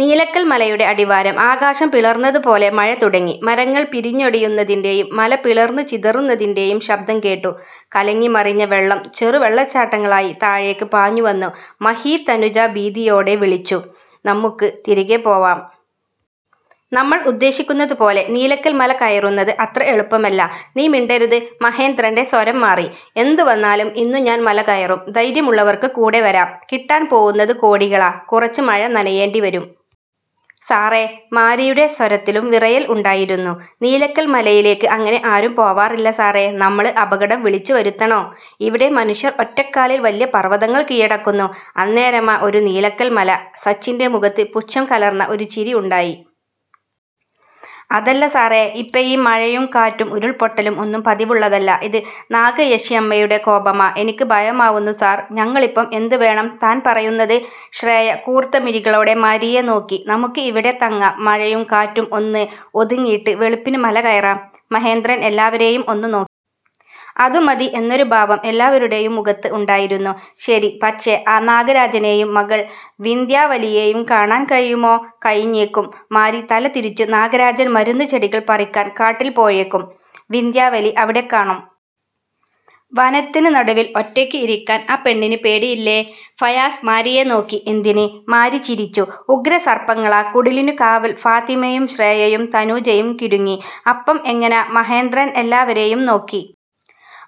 നീലക്കൽ മലയുടെ അടിവാരം ആകാശം പിളർന്നതു പോലെ മഴ തുടങ്ങി. മരങ്ങൾ പിരിഞ്ഞൊടിയുന്നതിന്റെയും മല പിളർന്നു ചിതറുന്നതിന്റെയും ശബദം കേട്ടു. കലങ്ങി മറിഞ്ഞ വെള്ളം ചെറു വെള്ളച്ചാട്ടങ്ങളായി താഴേക്ക് പാഞ്ഞു വന്നു. " മഹീ " തനുജ ഭീതിയോടെ വിളിച്ചു. " നമ്മുക്ക് തിരികെ പോവാം. നമ്മൾ ഉദ്ദേശിക്കുന്നതു പോലെ നീലക്കൽ മല കയറുന്നത് അത്ര എളുപ്പമല്ല "" നീ മിണ്ടരുത് " മഹേന്ദ്രന്റെ സ്വരം മാറി. " എന്തു വന്നാലും ഇന്നു ഞാൻ മല കയറും. ധൈര്യമുള്ളവർക്ക് കൂടെ വരാം. കിട്ടാൻ പോവുന്നത് കോടികളാ. കുറച്ച് മഴ നനയേണ്ടി വരും. "" സാറേ " മാരിയുടെ സ്വരത്തിലും വിറയൽ ഉണ്ടായിരുന്നു. '' നീലക്കൽ മലയിലേക്ക് അങ്ങനെ ആരും പോവാറില്ല സാറേ നമ്മള് അപകടം വിളിച്ച് വരുത്തണോ? "" ഇവിടെ മനുഷ്യർ ഒറ്റക്കാലിൽ വല്യ പർവ്വതങ്ങൾ കീഴടക്കുന്നു. അന്നേരമാ ഒരു നീലക്കൽ മല. " സച്ചിന്റെ മുഖത്ത് പുശ്ചം കലർന്ന ഒരു ചിരി ഉണ്ടായി. " അതല്ല സാറേ ഇപ്പഴീ മഴയും കാറ്റും ഉരുൾപൊട്ടലും ഒന്നും പതിവുള്ളതല്ല. ഇത് നാഗയക്ഷിയമ്മയുടെ കോപമാ. എനക്ക് ഭയമാവുന്നു സാർ "" ഞങ്ങളിപ്പം എന്തു വേണം താൻ പറയുന്നത്? " ശ്രേയ കൂർത്ത മിഴികളോടെ മാരിയെ നോക്കി. " നമ്മുക്ക് ഇവിടെ തങ്ങാം. മഴയും കാറ്റും ഒന്ന് ഒതുങ്ങിയിട്ട് വെളുപ്പിന് മല കയറാം " മഹേന്ദ്രൻ എല്ലാവരെയും ഒന്നു നോ അതു മതി എന്നൊരു ഭാവം എല്ലാവരുടെയും മുഖത്ത് ഉണ്ടായിരുന്നു. " ശരി. പക്ഷേ, ആ നാഗരാജനെയും മകൾ വിന്ധ്യാ വലിയെയും കാണാൻ കഴിയുമോ? "" കഴിഞ്ഞേക്കും " മാരി തല തിരിച്ചു " നാഗരാജൻ മരുന്ന് ചെടികൾ പറിക്കാൻ കാട്ടിൽ പോയേക്കും. വിന്ധ്യാവലി അവിടെ കാണും. "" വനത്തിന് നടുവിൽ ഒറ്റയ്ക്ക് ഇരിക്കാൻ ആ പെണ്ണിന് പേടിയില്ലേ? " ഫയാസ് മാരിയെ നോക്കി. " എന്തിന്? " മാരി ചിരിച്ചു. " ഉഗ്രസർപ്പങ്ങളാ കുടിലിനു കാവൽ " ഫാത്തിമയും ശ്രേയയും തനൂജയും കിടുങ്ങി. " അപ്പം എങ്ങനാ " മഹേന്ദ്രൻ എല്ലാവരെയും നോക്കി. "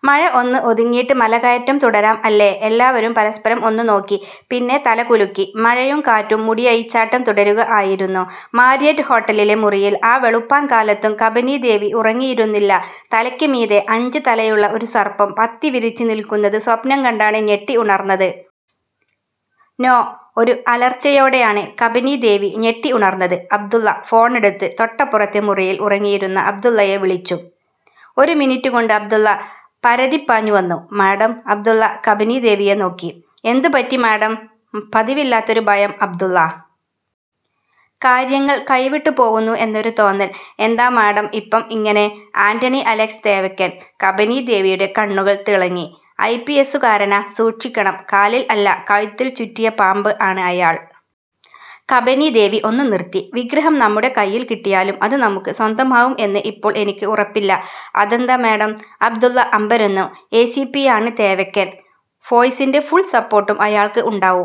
മഴ ഒന്ന് ഒതുങ്ങീട്ട് മല കയറ്റം തുടരാം. അല്ലേ? " എല്ലാവരും പരസ്പരം ഒന്നു നോക്കി. പിന്നെ, തല കുലുക്കി. മഴയും കാറ്റും മുടിയഴിച്ചാട്ടം തുടരുക ആയിരുന്നു. മാരിയറ്റ് ഹോട്ടലിലെ മുറിയിൽ ആ വെളുപ്പാൻ കാലത്തും കബനീ ദേവി ഉറങ്ങിയിരുന്നില്ല. തലയ്ക്ക് മീതെ, അഞ്ച് തലയുള്ള ഒരു സർപ്പം പത്തി വിരിച്ച് നിൽക്കുന്നത് സ്വപ്നം കണ്ടാണ് ഞെട്ടി ഉണർന്നത്. " നോ. " ഒരു അലർച്ചയോടെയാണ് കബനീ ദേവി ഞെട്ടി ഉണർന്നത്. " അബ്ദുള്ള " ഫോണെടുത്ത് തൊട്ടപ്പുറത്തെ മുറിയിൽ ഉറങ്ങിയിരുന്ന അബ്ദുള്ളയെ വിളിച്ചു. ഒരു മിനിറ്റ് കൊണ്ട് അബ്ദുള്ള പരതിപ്പാഞ്ഞ് വന്നു. " മാഡം " അബ്ദുള്ള കബനീ ദേവിയെ നോക്കി. " എന്തു പറ്റി മാഡം ''" പതിവില്ലാത്തൊരു ഭയം അബ്ദുള്ള. കാര്യങ്ങൾ കൈവിട്ട് പോവുന്നു എന്നൊരു തോന്നൽ "" എന്താ മാഡം ഇപ്പം ഇങ്ങനെ ''" ആൻറണി അലക്സ് തേവയ്ക്കൻ " കബനീ ദേവിയുടെ കണ്ണുകൾ തിളങ്ങി. " ഐ. പി. എസ്സുകാരനാ. സൂക്ഷിക്കണം. കാലിൽ അല്ല കഴുത്തിൽ ചുറ്റിയ പാമ്പ് ആണ് അയാൾ. " കബനീ ദേവി ഒന്നു നിർത്തി. " വിഗ്രഹം നമ്മുടെ കൈയിൽ കിട്ടിയാലും അത് നമ്മുക്ക് സ്വന്തമാവും എന്ന് ഇപ്പോൾ എനിക്ക് ഉറപ്പില്ല. "" അതെന്താ മാഡം? " അബ്ദുള്ള അമ്പരന്നു. '' എ. സി. പിയാണ് തേവയ്ക്കൻ. ഫോഴ്സിന്റെ ഫുൾ സപ്പോർട്ടും അയാൾക്ക് ഉണ്ടാവും.